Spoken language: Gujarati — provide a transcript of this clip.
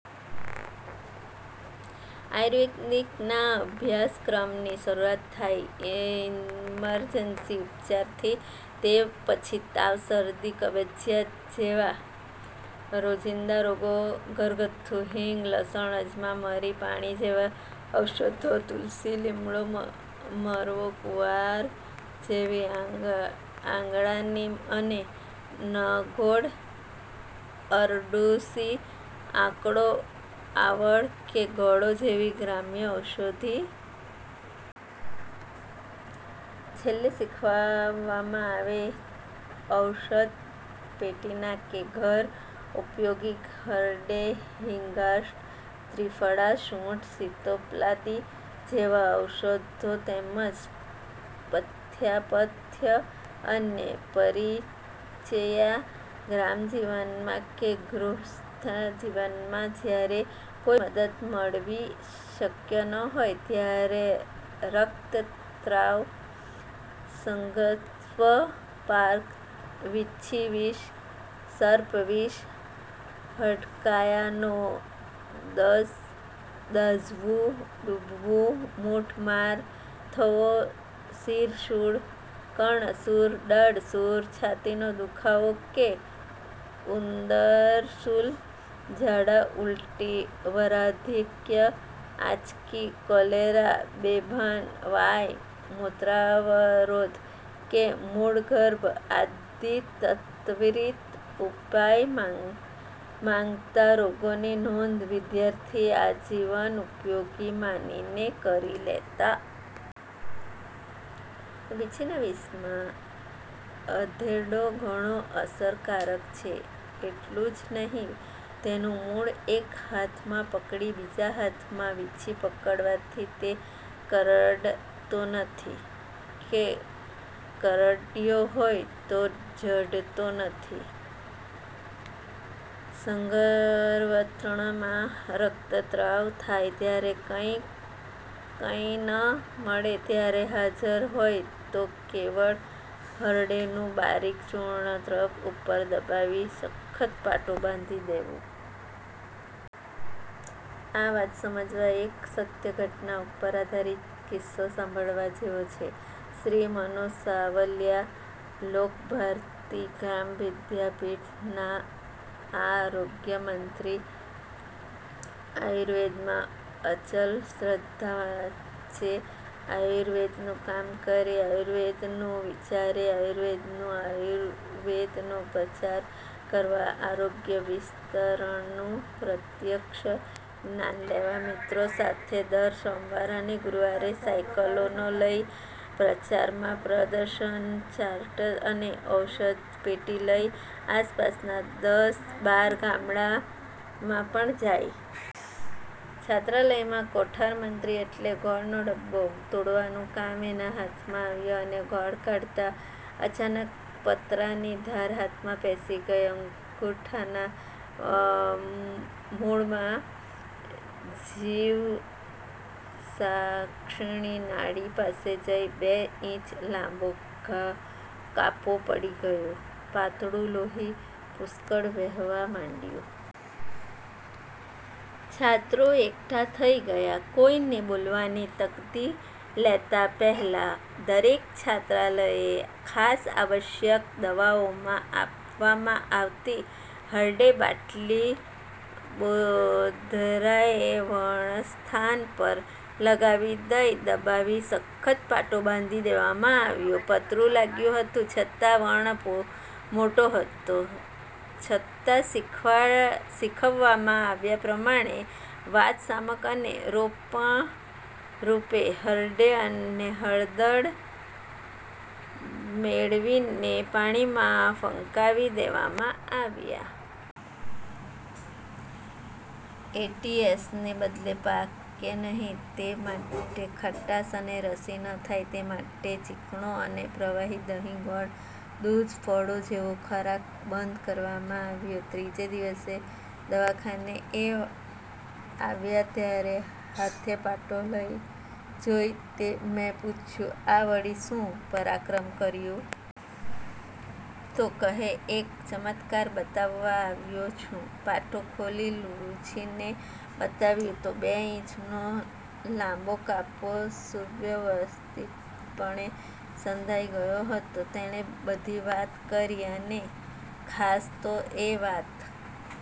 આયુર્વેદ ના અભ્યાસક્રમની શરૂઆત થાય ઇમર્જન્સી ઉપચારથી, તે પછી તાવ, શરદી, કબજિયાત જેવા રોજિંદા રોગો ઘરગથ્થુ હિંગ, લસણ, અજમા, મરી, પાણી જેવાં ઔષધો તુલસી, લીમડો, મરવો, કુંવાર જેવી આંગણાની અને નગોડ, અરડૂસી, આકડો, આવળ કે ગળો જેવી ગ્રામ્ય ઔષધિ. છેલ્લે શીખવવામાં આવે ઔષધ પેટીનાં કે ઘર ઉપયોગી હરડે, હિંગાષ્ટક, ત્રિફળા, સૂંઠ, સિતોપલાદિ જેવાં ઔષધો તેમજ પથ્યાપથ્ય અને પરિચર્યા. ગ્રામજીવનમાં કે ગૃહસ્થજીવનમાં જ્યારે કોઈ મદદ મળવી શક્ય ન હોય ત્યારે રક્તસ્રાવ, સદ્યવ્રણ, પાક, વીંછીવિષ, સર્પવિષ, હડકાયાનો દંશ, દાઝવું, ડૂબવું, મૂઢમાર થવો; શિરઃશૂળ, કર્ણશૂળ, દાઢશૂળ, છાતીનો દુખાવો કે ઉદરશૂલ, ઝાડા, ઊલટી, વરાધિક્ય, આંચકી, કૉલેરા, બેભાન, વાઈ, મૂત્રાવરોધ કે મૂઢગર્ભ આદિ ત્વરિત ઉપાય માગતા રોગોની નોંધ વિદ્યાર્થી આજીવન ઉપયોગી માનીને કરી લેતા. વીંછીના વિષમાં અધેડો ઘણો અસરકારક છે એટલું જ નહીં, તેનું મૂળ એક હાથમાં પકડી બીજા હાથમાં વીંછી પકડવાથી તે કરડતો નથી કે કરડ્યો હોય તો ચડતો નથી! સઘવ્રણમાં રક્તસ્રાવ થાય ત્યારે કંઈ ન મળે ત્યારે હાજર હોય તો કેવળ હરડેનું બારીક ચૂર્ણ વ્રણ ઉપર દબાવી સખત પાટો બાંધી દેવો. આ વાત સમજવા એક સત્ય ઘટના ઉપર આધારિત કિસ્સો સાંભળવા જેવો છે. શ્રી મનુ સાવલિયા લોકભારતી ગ્રામવિદ્યાપીઠના આરોગ્યમંત્રી. આયુર્વેદમાં અચલ શ્રદ્ધા; વાંચે આયુર્વેદનું, કામ કરે આયુર્વેદનું, વિચારે આયુર્વેદનું. આયુર્વેદનો પ્રચાર કરવા આરોગ્ય વિસ્તરણનું પ્રત્યક્ષ જ્ઞાન લેવા મિત્રો સાથે દર સોમવાર અને ગુરુવારે સાઈકલો લઈ પ્રચારના પ્રદર્શનચાર્ટ્સ અને ઔષધપેટી લઈ આસપાસનાં દસ-બાર ગામડાંમાં પણ જાય. છાત્રાલયમાં કોઠારમંત્રી એટલે ગોળનો ડબ્બો તોડવાનું કામ એના હાથમાં આવ્યું અને ગોળ કાઢતાં અચાનક પતરાની ઘાર હાથમાં પેસી ગઈ. અંગૂઠાના મૂળમાં જીવસાક્ષિણી નાડી પાસે જ બે ઈંચ લાંબો કાપો પડી ગયો. પાતળું લોહી પુષ્કળ વહેવા માંડ્યું. છાત્રો એકઠા થઈ ગયા. કોઈને બોલાવવાની તસ્દી લેતાં પહેલાં, દરેક છાત્રાલયે ખાસ આવશ્યક દવાઓમાં આપવામાં આવતી હરડે બાટલી બોધરાએ વણસ્થાન પર ઠલવી દઈ, દબાવી સખત પાટો બાંધી દેવામાં આવ્યો. પતરું લાગ્યું હતું છતાં, વ્રણ મોટો હતો છતાં, શીખવવામાં આવ્યા પ્રમાણે વાતશામક અને રોપણરૂપે હરડે અને હળદર મેળવીને પાણીમાં ફકાવી દેવામાં આવ્યાં. એ. ટી. એસ. ને બદલે પાકે નહીં તે માટે ખટાશ અને રસી ન થાય તે માટે ચીકણો અને પ્રવાહી.. દહીં, ગોળ, દૂધ, ફળો જેવો ખોરાક બંધ કરવામાં આવ્યો. ત્રીજે દિવસે દવાખાને એ આવ્યા ત્યારે હાથે પાટો જોઈ મેં પૂછ્યું: આ વળી શું પરાક્રમ કર્યું? તો કહે એક ચમત્કાર બતાવવા આવ્યો છું. પાટો ખોલી, લૂછીને બતાવ્યું તો બે ઈંચનો લાંબો કાપો સુવ્યવસ્થિતપણે સંધાઈ ગયો હતો! તેણે બધી વાત કરી અને ખાસ તો એ વાત